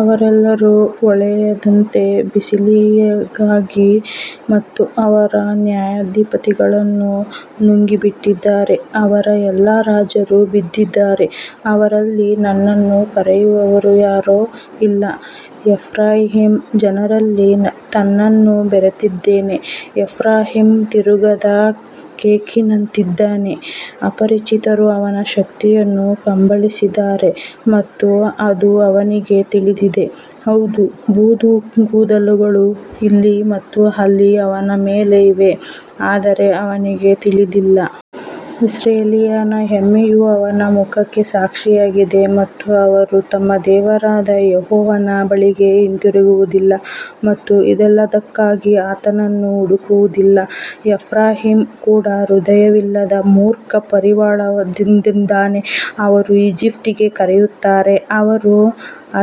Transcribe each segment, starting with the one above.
ಅವರೆಲ್ಲರೂ ಒಲೆಯಂತೆ ಬಿಸಿಯಾಗಿದ್ದಾರೆ ಮತ್ತು ಅವರ ನ್ಯಾಯಾಧಿಪತಿಗಳನ್ನು ನುಂಗಿಬಿಟ್ಟಿದ್ದಾರೆ. ಅವರ ಎಲ್ಲಾ ರಾಜರು ಬಿದ್ದಿದ್ದಾರೆ, ಅವರಲ್ಲಿ ನನ್ನನ್ನು ಕರೆಯುವವರು ಯಾರೂ ಇಲ್ಲ. ಎಫ್ರಾಯೀಮ್ ಜನರಲ್ಲಿ ತನ್ನನ್ನು ಬೆರೆತಿದ್ದಾನೆ. ಎಫ್ರಾಯೀಮ್ ತಿರುಗದ ಕೇಕಿನಂತಿದ್ದಾನೆ. ಅಪರಿಚಿತರು ಅವನ ಶಕ್ತಿಯನ್ನು ಕಬಳಿಸಿದ್ದಾರೆ ಮತ್ತು ಅದು ಅವನಿಗೆ ತಿಳಿದಿದೆ. ಹೌದು, ಬೂದು ಕೂದಲುಗಳು ಇಲ್ಲಿ ಮತ್ತು ಅಲ್ಲಿ ಅವನ ಮೇಲೆ ಇವೆ, ಆದರೆ ಅವನಿಗೆ ತಿಳಿದಿಲ್ಲ. ಇಸ್ರಾಯೇಲಿನ ಹೆಮ್ಮೆಯು ಅವನ ಮುಖಕ್ಕೆ ಸಾಕ್ಷಿಯಾಗಿದೆ ಮತ್ತು ಅವರು ತಮ್ಮ ದೇವರಾದ ಯೆಹೋವನ ಬಳಿಗೆ ಹಿಂತಿರುಗುವುದಿಲ್ಲ ಮತ್ತು ಇದೆಲ್ಲದಕ್ಕಾಗಿ ಆತನನ್ನು ಹುಡುಕುವುದಿಲ್ಲ. ಎಫ್ರಾಯೀಮ್ ಕೂಡ ಹೃದಯವಿಲ್ಲದ ಮೂರ್ಖ ಪಾರಿವಾಳದಂತಿದ್ದಾನೆ. ಅವರು ಈಜಿಪ್ಟಿಗೆ ಕರೆಯುತ್ತಾರೆ, ಅವರು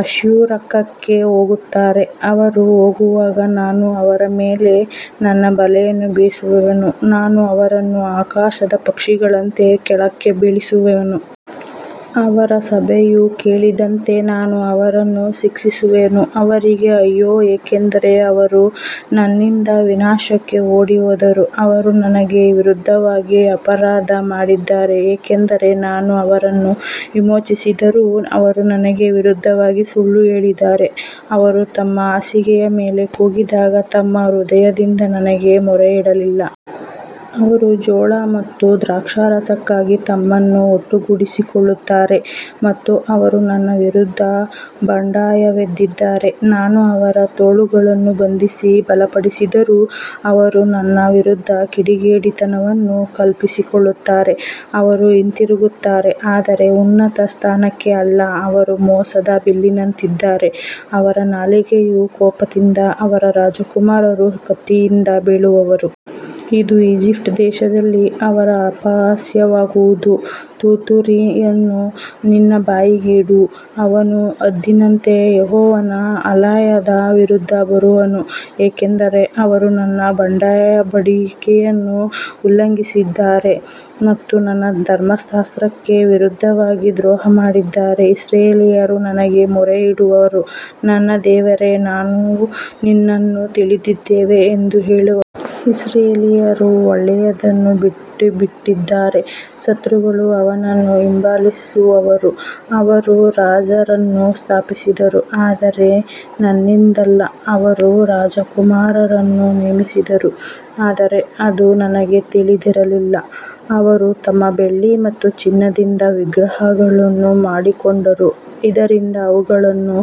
ಅಶ್ಶೂರಕ್ಕೆ ಹೋಗುತ್ತಾರೆ. ಅವರು ಹೋಗುವಾಗ ನಾನು ಅವರ ಮೇಲೆ ನನ್ನ ಬಲೆಯನ್ನು ಬೀಸುವೆನು, ನಾನು ಅವರನ್ನು ಆಕಾಶದ ಪಕ್ಷಿಗಳಂತೆ ಕೆಳಕ್ಕೆ ಬೀಳಿಸುವೆನು. ಅವರ ಸಭೆಯು ಕೇಳಿದಂತೆ ನಾನು ಅವರನ್ನು ಶಿಕ್ಷಿಸುವೆನು. ಅವರಿಗೆ ಅಯ್ಯೋ, ಯಾಕಂದರೆ ಅವರು ನನ್ನಿಂದ ವಿನಾಶಕ್ಕೆ ಓಡಿಹೋದರು. ಅವರು ನನಗೆ ವಿರುದ್ಧವಾಗಿ ಅಪರಾಧ ಮಾಡಿದ್ದಾರೆ, ಏಕೆಂದರೆ ನಾನು ಅವರನ್ನು ವಿಮೋಚಿಸಿದರೂ ಅವರು ನನಗೆ ವಿರುದ್ಧವಾಗಿ ಸುಳ್ಳು ಹೇಳಿದ್ದಾರೆ. ಅವರು ತಮ್ಮ ಹಾಸಿಗೆಯ ಮೇಲೆ ಕೂಗಿದಾಗ ತಮ್ಮ ಹೃದಯದಿಂದ ನನಗೆ ಮೊರೆಯಿಡಲಿಲ್ಲ. ಅವರು ಜೋಳ ಮತ್ತು ದ್ರಾಕ್ಷಾರಸಕ್ಕಾಗಿ ತಮ್ಮನ್ನು ಒಟ್ಟುಗೂಡಿಸಿಕೊಳ್ಳುತ್ತಾರೆ ಮತ್ತು ಅವರು ನನ್ನ ವಿರುದ್ಧ ಬಂಡಾಯವೆದ್ದಿದ್ದಾರೆ. ನಾನು ಅವರ ತೋಳುಗಳನ್ನು ಬಂಧಿಸಿ ಬಲಪಡಿಸಿದರೂ ಅವರು ನನ್ನ ವಿರುದ್ಧ ಕಿಡಿಗೇಡಿತನವನ್ನು ಕಲ್ಪಿಸಿಕೊಳ್ಳುತ್ತಾರೆ. ಅವರು ಹಿಂತಿರುಗುತ್ತಾರೆ, ಆದರೆ ಉನ್ನತ ಸ್ಥಾನಕ್ಕೆ ಅಲ್ಲ. ಅವರು ಮೋಸದ ಬಿಲ್ಲಿನಂತಿದ್ದಾರೆ. ಅವರ ನಾಲಿಗೆಯ ಕೋಪದಿಂದ ಅವರ ರಾಜಕುಮಾರರು ಕತ್ತಿಯಿಂದ ಬೀಳುವರು. ಇದು ಈಜಿಪ್ಟ್ ದೇಶದಲ್ಲಿ ಅವರ ಅಪಹಾಸ್ಯವಾಗುವುದು. ತುತ್ತೂರಿಯನ್ನು ನಿನ್ನ ಬಾಯಿಗೆ ಇಡು. ಅವನು ಹದ್ದಿನಂತೆ ಯೆಹೋವನ ಆಲಯದ ವಿರುದ್ಧ ಬರುವನು, ಏಕೆಂದರೆ ಅವರು ನನ್ನ ಒಡಂಬಡಿಕೆಯನ್ನು ಉಲ್ಲಂಘಿಸಿದ್ದಾರೆ ಮತ್ತು ನನ್ನ ಧರ್ಮಶಾಸ್ತ್ರಕ್ಕೆ ವಿರುದ್ಧವಾಗಿ ದ್ರೋಹ ಮಾಡಿದ್ದಾರೆ. ಇಸ್ರಾಯೇಲ್ಯರು ನನಗೆ ಮೊರೆಯಿಡುವರು, ನನ್ನ ದೇವರೇ, ನಾವು ನಿನ್ನನ್ನು ತಿಳಿದಿದ್ದೇವೆ ಎಂದು ಹೇಳುವರು. ಇಸ್ರಾಯೇಲ್ಯರು ಒಳ್ಳೆಯದನ್ನು ಬಿಟ್ಟುಬಿಟ್ಟಿದ್ದಾರೆ, ಶತ್ರುಗಳು ಅವನನ್ನು ಹಿಂಬಾಲಿಸುವರು. ಅವರು ರಾಜರನ್ನು ಸ್ಥಾಪಿಸಿದರು, ಆದರೆ ನನ್ನಿಂದಲ್ಲ. ಅವರು ರಾಜಕುಮಾರರನ್ನು ನೇಮಿಸಿದರು, ಆದರೆ ಅದು ನನಗೆ ತಿಳಿದಿರಲಿಲ್ಲ. ಅವರು ತಮ್ಮ ಬೆಳ್ಳಿ ಮತ್ತು ಚಿನ್ನದಿಂದ ವಿಗ್ರಹಗಳನ್ನು ಮಾಡಿಕೊಂಡರು, ಇದರಿಂದ ಅವುಗಳನ್ನು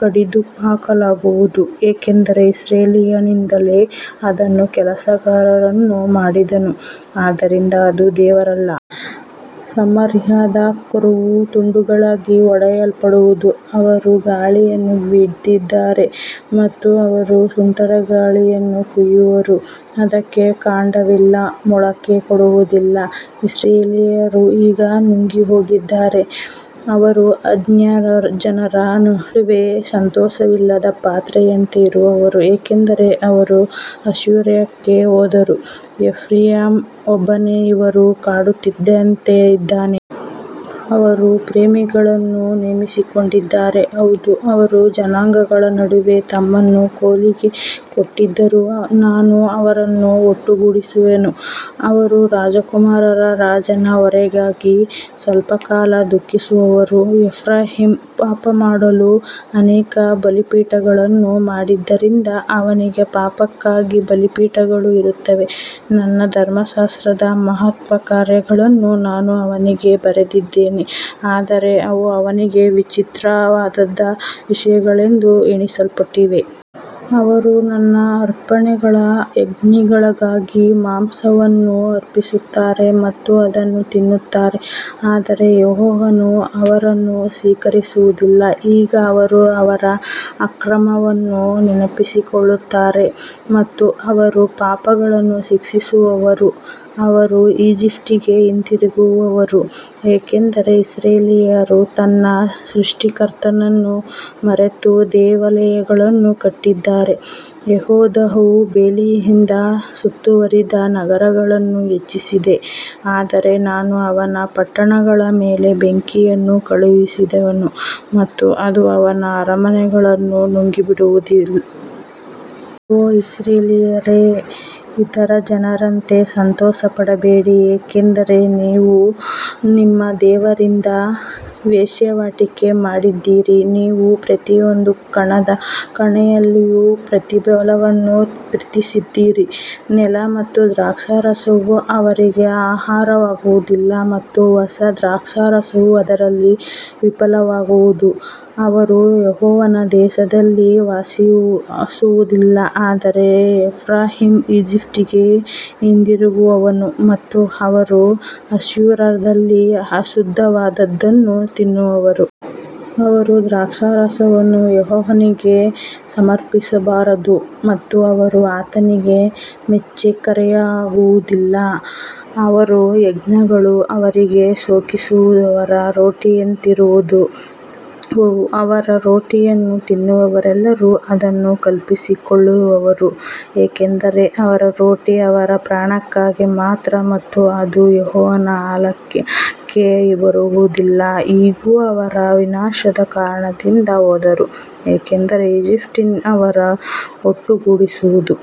ಕಡಿದುಹಾಕಲಾಗುವುದು. ಯಾಕಂದರೆ ಇಸ್ರಾಯೇಲಿನಿಂದಲೇ ಅದನ್ನು ಕೆಲಸಗಾರನು ಮಾಡಿದನು, ಆದ್ದರಿಂದ ಅದು ದೇವರಲ್ಲ. ಸಮಾರ್ಯದ ಕರುವು ತುಂಡುಗಳಾಗಿ ಒಡೆಯಲ್ಪಡುವುದು. ಅವರು ಗಾಳಿಯನ್ನು ಬಿತ್ತಿದ್ದಾರೆ ಮತ್ತು ಅವರು ಸುಂಟರಗಾಳಿಯನ್ನು ಕೊಯ್ಯುವರು. ಅದಕ್ಕೆ ಕಾಂಡವಿಲ್ಲ, ಮೊಳಕೆ ಕೊಡುವುದಿಲ್ಲ. ಇಸ್ರಾಯೇಲ್ಯರು ಈಗ ನುಂಗಿಹೋಗಿದ್ದಾರೆ. ಅವರು ಅನ್ಯಜನರ ನಡುವೆ ಸಂತೋಷವಿಲ್ಲದ ಪಾತ್ರೆಯಂತೆ ಇರುವರು, ಯಾಕಂದರೆ ಅವರು ಅಶ್ಶೂರಕ್ಕೆ ಹೋದರು. ಎಫ್ರಾಯೀಮ್ ಒಬ್ಬನೇ ಇರುವ ಕಾಡುಕತ್ತೆಯಂತೆ ಇದ್ದಾನೆ. ಅವರು ಪ್ರೇಮಿಗಳನ್ನು ನೇಮಿಸಿಕೊಂಡಿದ್ದಾರೆ. ಹೌದು, ಅವರು ಜನಾಂಗಗಳ ನಡುವೆ ತಮ್ಮನ್ನು ಕೂಲಿಗೆ ಕೊಟ್ಟಿದ್ದರೂ ನಾನು ಅವರನ್ನು ಒಟ್ಟುಗೂಡಿಸುವೆನು. ಅವರು ರಾಜಕುಮಾರರ ರಾಜನ ಹೊರೆಗಾಗಿ ಸ್ವಲ್ಪಕಾಲ ದುಃಖಿಸುವರು. ಎಫ್ರಾಯೀಮ್ ಪಾಪಮಾಡಲು ಅನೇಕ ಬಲಿಪೀಠಗಳನ್ನು ಮಾಡಿದ್ದರಿಂದ ಅವನಿಗೆ ಪಾಪಕ್ಕಾಗಿ ಬಲಿಪೀಠಗಳು ಇರುತ್ತವೆ. ನನ್ನ ಧರ್ಮಶಾಸ್ತ್ರದ ಮಹತ್ಕಾರ್ಯಗಳನ್ನು ನಾನು ಅವನಿಗೆ ಬರೆದಿದ್ದೇನೆ, ಆದರೆ ಅವು ಅವನಿಗೆ ವಿಚಿತ್ರವಾದ ವಿಷಯಗಳೆಂದು ಎಣಿಸಲ್ಪಟ್ಟಿವೆ. ಅವರು ನನ್ನ ಅರ್ಪಣೆಗಳ ಯಜ್ಞಗಳಿಗಾಗಿ ಮಾಂಸವನ್ನು ಅರ್ಪಿಸುತ್ತಾರೆ ಮತ್ತು ಅದನ್ನು ತಿನ್ನುತ್ತಾರೆ, ಆದರೆ ಯೆಹೋವನು ಅವರನ್ನು ಸ್ವೀಕರಿಸುವುದಿಲ್ಲ. ಈಗ ಅವರು ಅವರ ಅಕ್ರಮವನ್ನು ನೆನಪಿಸಿಕೊಳ್ಳುತ್ತಾರೆ ಮತ್ತು ಅವರ ಪಾಪಗಳನ್ನು ಶಿಕ್ಷಿಸುವರು. ಅವರು ಈಜಿಪ್ಟಿಗೆ ಹಿಂತಿರುಗುವರು, ಯಾಕಂದರೆ ಇಸ್ರಾಯೇಲ್ಯರು ತನ್ನ ಸೃಷ್ಟಿಕರ್ತನನ್ನು ಮರೆತು ದೇವಾಲಯಗಳನ್ನು ಕಟ್ಟಿದ್ದಾರೆ. ಯೆಹೂದವು ಬೇಲಿಯಿಂದ ಸುತ್ತುವರಿದ ನಗರಗಳನ್ನು ಹೆಚ್ಚಿಸಿದೆ, ಆದರೆ ನಾನು ಅವನ ಪಟ್ಟಣಗಳ ಮೇಲೆ ಬೆಂಕಿಯನ್ನು ಕಳುಹಿಸುವೆನು ಮತ್ತು ಅದು ಅವನ ಅರಮನೆಗಳನ್ನು ನುಂಗಿಬಿಡುವುದು. ಓ ಇಸ್ರಾಯೇಲ್ಯರೇ, ಇತರ ಜನರಂತೆ ಸಂತೋಷಪಡಬೇಡಿ, ಏಕೆಂದರೆ ನೀವು ನಿಮ್ಮ ದೇವರಿಂದ ವೇಶ್ಯಾವಾಟಿಕೆ ಮಾಡಿದ್ದೀರಿ. ನೀವು ಪ್ರತಿಯೊಂದು ಕಣದ ಕಣದಲ್ಲಿಯೂ ಪ್ರತಿಫಲವನ್ನು ಪ್ರೀತಿಸಿದ್ದೀರಿ. ನೆಲ ಮತ್ತು ದ್ರಾಕ್ಷಾರಸವು ಅವರಿಗೆ ಆಹಾರವಾಗುವುದಿಲ್ಲ ಮತ್ತು ಹೊಸ ದ್ರಾಕ್ಷಾರಸವು ಅದರಲ್ಲಿ ವಿಫಲವಾಗುವುದು. ಅವರು ಯೆಹೋವನ ದೇಶದಲ್ಲಿ ವಾಸಿಸುವುದಿಲ್ಲ, ಆದರೆ ಎಫ್ರಾಯೀಮ್ ಈಜಿಪ್ಟಿಗೆ ಹಿಂದಿರುಗುವನು ಮತ್ತು ಅವರು ಅಶ್ಶೂರದಲ್ಲಿ ಅಶುದ್ಧವಾದದ್ದನ್ನು ತಿನ್ನುವರು. ಅವರು ದ್ರಾಕ್ಷಾರಸವನ್ನು ಯೆಹೋವನಿಗೆ ಸಮರ್ಪಿಸಬಾರದು ಮತ್ತು ಅವರು ಆತನಿಗೆ ಮೆಚ್ಚಿಕೆಯಾಗುವುದಿಲ್ಲ. ಅವರ ಯಜ್ಞಗಳು ಅವರಿಗೆ ಶೋಕಿಸುವವರ ರೊಟ್ಟಿಯಂತಿರುವವು. ಅವರ ರೊಟ್ಟಿಯನ್ನು ತಿನ್ನುವವರೆಲ್ಲರೂ ಅದನ್ನು ಕಲುಷಿತಗೊಳಿಸುವರು, ಏಕೆಂದರೆ ಅವರ ರೊಟ್ಟಿ ಅವರ ಪ್ರಾಣಕ್ಕಾಗಿ ಮಾತ್ರ ಮತ್ತು ಅದು ಯೆಹೋವನ ಆಲಯಕ್ಕೆ ಬರುವುದಿಲ್ಲ. ಇಗೋ, ಅವರು ವಿನಾಶದ ಕಾರಣದಿಂದ ಹೋದರು, ಏಕೆಂದರೆ ಈಜಿಪ್ಟ್ ಅವರನ್ನು ಒಟ್ಟುಗೂಡಿಸುವುದು.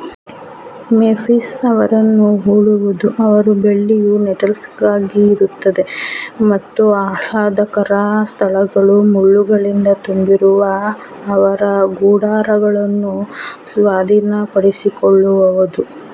ಮೆಂಫಿಸ್ ಅವರನ್ನು ಹೂಳುವುದು. ಅವರ ಬೆಳ್ಳಿಯು ನೆಟಲ್ಸ್ಗಾಗಿ ಇರುತ್ತದೆ ಮತ್ತು ಆಹ್ಲಾದಕರ ಸ್ಥಳಗಳು ಮುಳ್ಳುಗಳಿಂದ ತುಂಬಿರುವ ಅವರ ಗುಡಾರಗಳನ್ನು ಸ್ವಾಧೀನಪಡಿಸಿಕೊಳ್ಳುವವು.